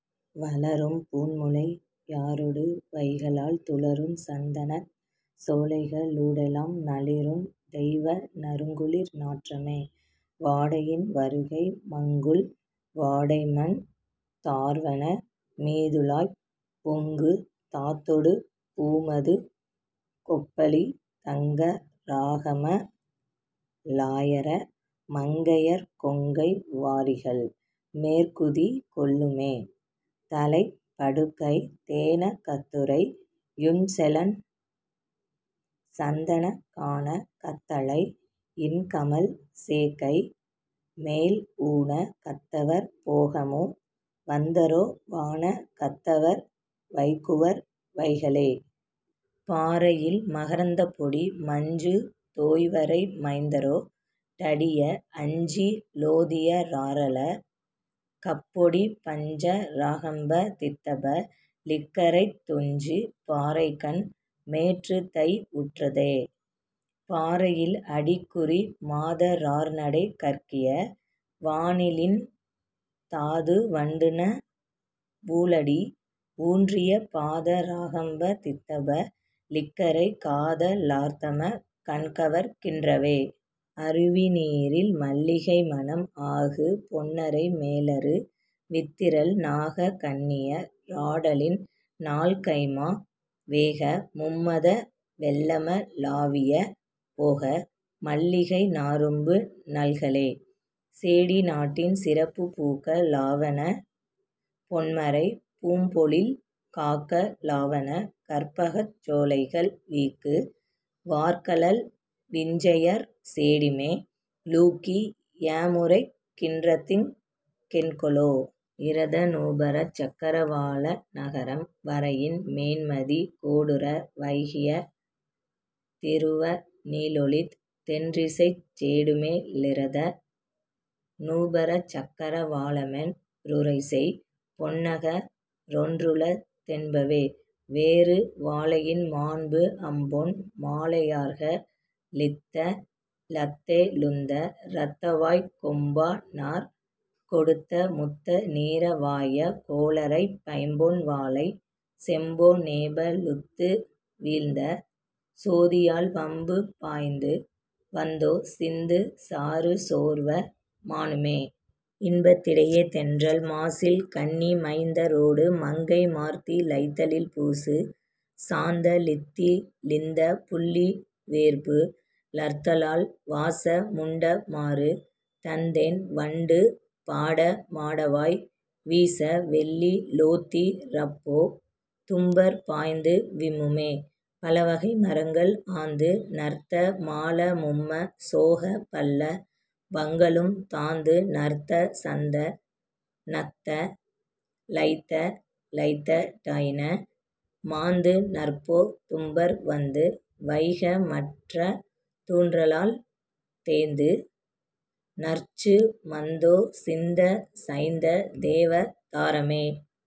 வளரும் பூண்முலை யாரொடு வைகலால் துளருஞ் சந்தனச் சோலைக ளூடெலாம் நளிருந் தெய்வ நறுங்குளிர் நாற்றமே. வாடையின் வருகை மங்குல் வாடைமந் தார்வன மீதுழாய்ப் பொங்கு தாதொடு பூமதுக் கொப்பளித் தங்க ராகம ளாயர மங்கையர் கொங்கை வாரிகள் மேற்குதி கொள்ளுமே. தழைப் படுக்கை தேன கத்துறை யுஞ்செழுஞ் சந்தனக் கான கத்தழை யின்கமழ் சேக்கை மேல் ஊன கத்தவர் போகமு வந்தரோ வான கத்தவர் வைகுவர் வைகலே. பாறையில் மகரந்தப்பொடி மஞ்சு தோய்வரை மைந்தரொ டடிய அஞ்சி லோதிய ராரள கப்பொடி பஞ்ச ராகம்ப தித்தப ளிக்கறைத் துஞ்சு பாறைகண் மேற்று தை வுற்றதே. பாறையில் அடிக்குறி மாத ரார்நடை கற்கிய வானிழிந் தாது வண்டுண வூழடி யூன்றிய பாத ராகம்ப தித்தப ளிக்கறை காத லார்தம கண்கவர் கின்றவே. அருவிநீரில் மல்லிகை மணம் ஆகு பொன்னறை மேலரு வித்திரள் நாக கன்னிய ராடலின் ஞால்கைம்மா வேக மும்மத வெள்ளம ளாவிய போக மல்லிகை நாறும்பு னல்களே. சேடி நாட்டின் சிறப்பு பூக்க ளாவன பொன்மரை பூம்பொழில் காக்க ளாவன கற்பகச் சோலைகள் வீக்கு வார்கழல் விஞ்சையர் சேடிமே லூக்கி யமுரைக் கின்றதிங் கென்கொலோ. இரதநூபுரச் சக்கரவாள நகரம் வரையின் மேன்மதி கோடுற வைகிய திருவ நீளொளித் தென்றிசைச் சேடிமே லிரத நூபுரச் சக்கர வாளமென் றுரைசெய் பொன்னக ரொன்றுள தென்பவே. வேறு -- வாழையின் மாண்பு அம்பொன் மாலையார்க ளித்த லத்தெ ழுந்த ரத்தவாய்க் கொம்பா னார் கொடுத்த முத்த நீர வாய கோழரைப் பைம்பொன் வாழை செம்பொ னேப ழுத்து வீழ்ந்த சோதியால் வம்பு பாய்ந்து வந்தொ சிந்து சாறு சோர்வ மானுமே. இன்பத்திடையே தென்றல் மாசில் கண்ணி மைந்த ரோடு மங்கை மார்தி ளைத்தலில் பூசு சாந்த ழித்தி ழிந்த புள்ளி வேர்பு லர்த்தலால் வாச முண்ட மாரு தந்தென் வண்டு பாட மாடவாய் வீச வெள்ளி லோத்தி ரப்பொ தும்பர் பாய்ந்து விம்முமே. பலவகை மரங்கள் ஆந்து ணர்த்த மால மும்ம சோக பல்ல வங்களும் தாந்து ணர்த்த சந்த னத்த ழைத்த லைத்த டாயின மாந்து ணர்ப்பொ தும்பர் வந்து வைக மற்ற தூன்றலால் தேந்து ணர்ச்சு மந்தொ சிந்த சைந்த தேவ தாரமே.